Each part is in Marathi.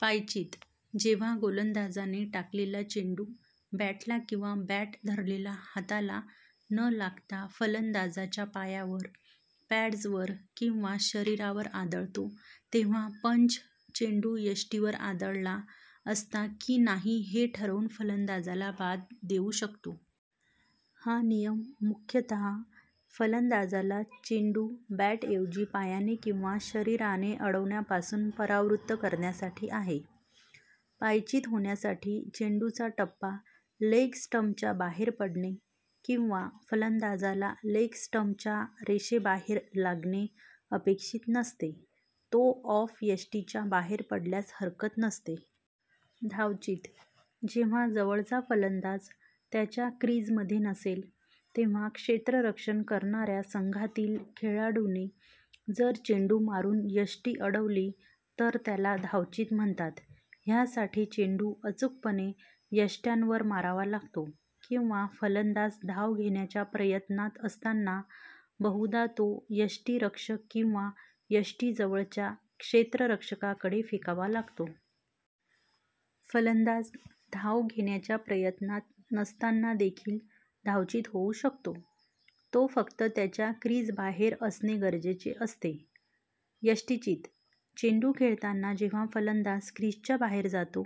पायचीत: जेव्हा गोलंदाजाने टाकलेला चेंडू बॅटला किंवा बॅट धरलेल्या हाताला न लागता फलंदाजाच्या पायावर, पॅड्जवर किंवा शरीरावर आदळतो तेव्हा पंच चेंडू यष्टींवर आदळला असता की नाही हे ठरवून फलंदाजाला बाद देऊ शकतो. हा नियम मुख्यतः फलंदाजाला चेंडू बॅटऐवजी पायाने किंवा शरीराने अडवण्यापासून परावृत्त करण्यासाठी आहे. पायचीत होण्यासाठी, चेंडूचा टप्पा लेग स्टंपच्या बाहेर पडणे किंवा फलंदाजाला लेग-स्टंपच्या रेषेबाहेर लागणे अपेक्षित नसते. तो ऑफ-यष्टीच्या बाहेर पडल्यास हरकत नसते. धावचीत: जेव्हा जवळचा फलंदाज त्याच्या क्रिजमध्ये नसेल, तेव्हा क्षेत्ररक्षण करणाऱ्या संघातील खेळाडूने जर चेंडू मारून यष्टी उडवली तर त्याला धावचीत म्हणतात. ह्यासाठी चेंडू अचूकपणे यष्ट्यांवर मारावा लागतो, किंवा फलंदाज धाव घेण्याच्या प्रयत्नात असताना, बहुधा तो यष्टिरक्षक किंवा यष्टीजवळच्या क्षेत्ररक्षकाकडे फेकावा लागतो. फलंदाज धाव घेण्याच्या प्रयत्नात नसताना देखील "धावचीत" होवू शकतो; तो फक्त त्याच्या क्रिजबाहेर असणे गरजेचे असते. यष्टिचीत: चेंडू खेळतांना जेव्हा फलंदाज क्रिजच्या बाहेर जातो,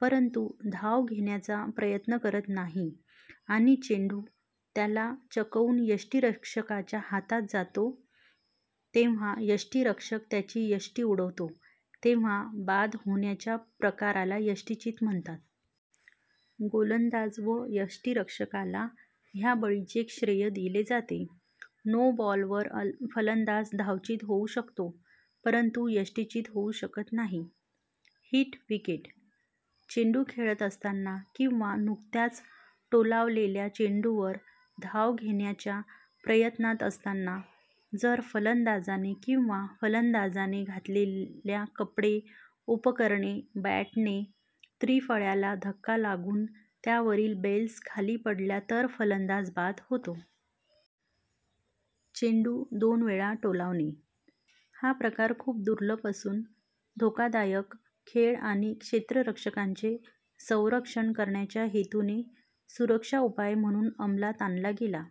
परंतु धाव घेण्याचा प्रयत्न करत नाही आणि चेंडू त्याला चकवून यष्टिरक्षकाच्या हातात जातो तेव्हा यष्टिरक्षक त्याची यष्टी उडवतो तेव्हा, बाद होण्याच्या प्रकाराला यष्टिचीत म्हणतात. गोलंदाज व यष्टीरक्षकाला ह्या बळीचे श्रेय दिले जाते. नो बॉल वर फलंदाज धावचीत होवू शकतो परंतु यष्टिचीत होऊ शकत नाही. हिट विकेट: चेंडू खेळत असताना किंवा नुकत्याच टोलावलेल्या चेंडूवर धाव घेण्याच्या प्रयत्नात असताना, जर फलंदाजाने किंवा फलंदाजाने घातलेल्या कपडे, उपकरणे, बॅटने त्रिफळ्याला धक्का लागून त्यावरील बेल्स खाली पडल्या तर फलंदाज बाद होतो. चेंडू दोन वेळा टोलावणे: हा प्रकार खूप दुर्लभ असून, धोकादायक खेळ आणि क्षेत्ररक्षकांचे संरक्षण करण्याच्या हेतूने सुरक्षा उपाय म्हणून अंमलात आणला गेला.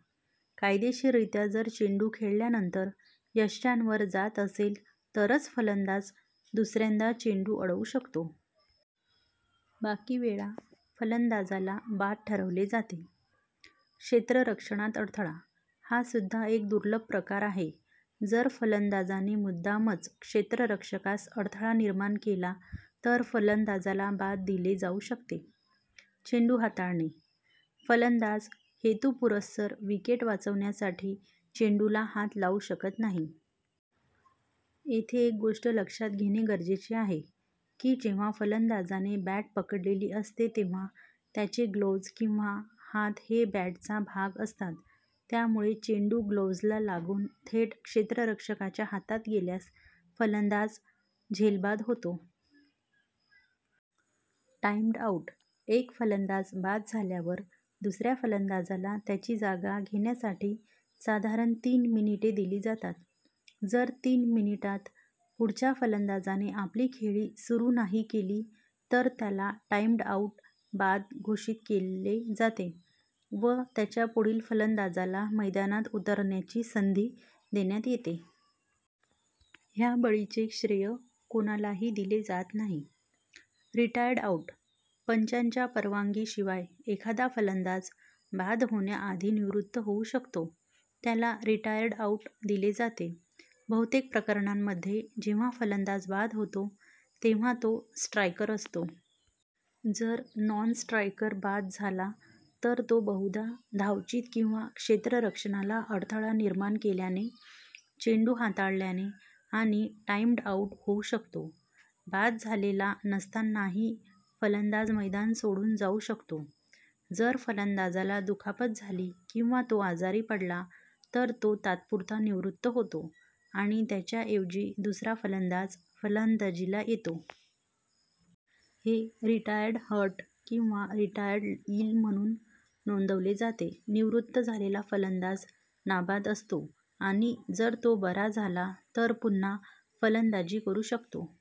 कायदेशीररित्या जर चेंडू खेळल्यानंतर, यष्ट्यांवर जात असेल तरच फलंदाज दुसऱ्यांदा चेंडू अडवू शकतो. बाकीवेळा फलंदाजाला बाद ठरवले जाते. क्षेत्ररक्षणात अडथळा: हा सुद्धा एक दुर्लभ प्रकार आहे. जर फलंदाजाने मुद्दामच क्षेत्ररक्षकास अडथळा निर्माण केला तर फलंदाजाला बाद दिले जाऊ शकते. चेंडू हाताळणे: फलंदाज हेतुपुरस्सर विकेट वाचवण्यासाठी चेंडूला हात लावू शकत नाही. येथे एक गोष्ट लक्षात घेणे गरजेचे आहे, की जेव्हा फलंदाजाने बॅट पकडलेली असते तेव्हा त्याचे ग्लोव्हज किंवा हात हे बॅटचा भाग असतात, त्यामुळे चेंडू ग्लोव्हजला लागून थेट क्षेत्ररक्षकाच्या हातात गेल्यास फलंदाज झेलबाद होतो. टाईम्ड आऊट: एक फलंदाज बाद झाल्यावर दुसऱ्या फलंदाजाला त्याची जागा घेण्यासाठी साधारण तीन मिनिटे दिली जातात. जर तीन मिनिटात पुढच्या फलंदाजाने आपली खेळी सुरू नाही केली तर त्याला टाईम्ड आउट बाद घोषित केले जाते व त्याच्या पुढील फलंदाजाला मैदानात उतरण्याची संधी देण्यात येते. ह्या बळीचे श्रेय कोणालाही दिले जात नाही.. रिटायर्ड आउट: पंचांच्या परवानगीशिवाय एखादा फलंदाज बाद होण्याआधी निवृत्त होऊ शकतो, त्याला रिटायर्ड आऊट दिले जाते. बहुतेक प्रकरणांमध्ये जेव्हा फलंदाज बाद होतो, तेव्हा तो स्ट्रायकर असतो. जर नॉन-स्ट्रायकर बाद झाला तर तो बहुधा धावचीत किंवा क्षेत्ररक्षणाला अडथळा निर्माण केल्याने, चेंडू हाताळल्याने आणि टाईम्ड आऊट होऊ शकतो. बाद झालेला नसतानाही फलंदाज मैदान सोडून जाऊ शकतो. जर फलंदाजाला दुखापत झाली किंवा तो आजारी पडला, तर तो तात्पुरता निवृत्त होतो आणि त्याच्याऐवजी दुसरा फलंदाज फलंदाजीला येतो. हे रिटायर्ड हर्ट किंवा रिटायर्ड इल म्हणून नोंदवले जाते. निवृत्त झालेला फलंदाज नाबाद असतो आणि जर तो बरा झाला तर पुन्हा फलंदाजी करू शकतो.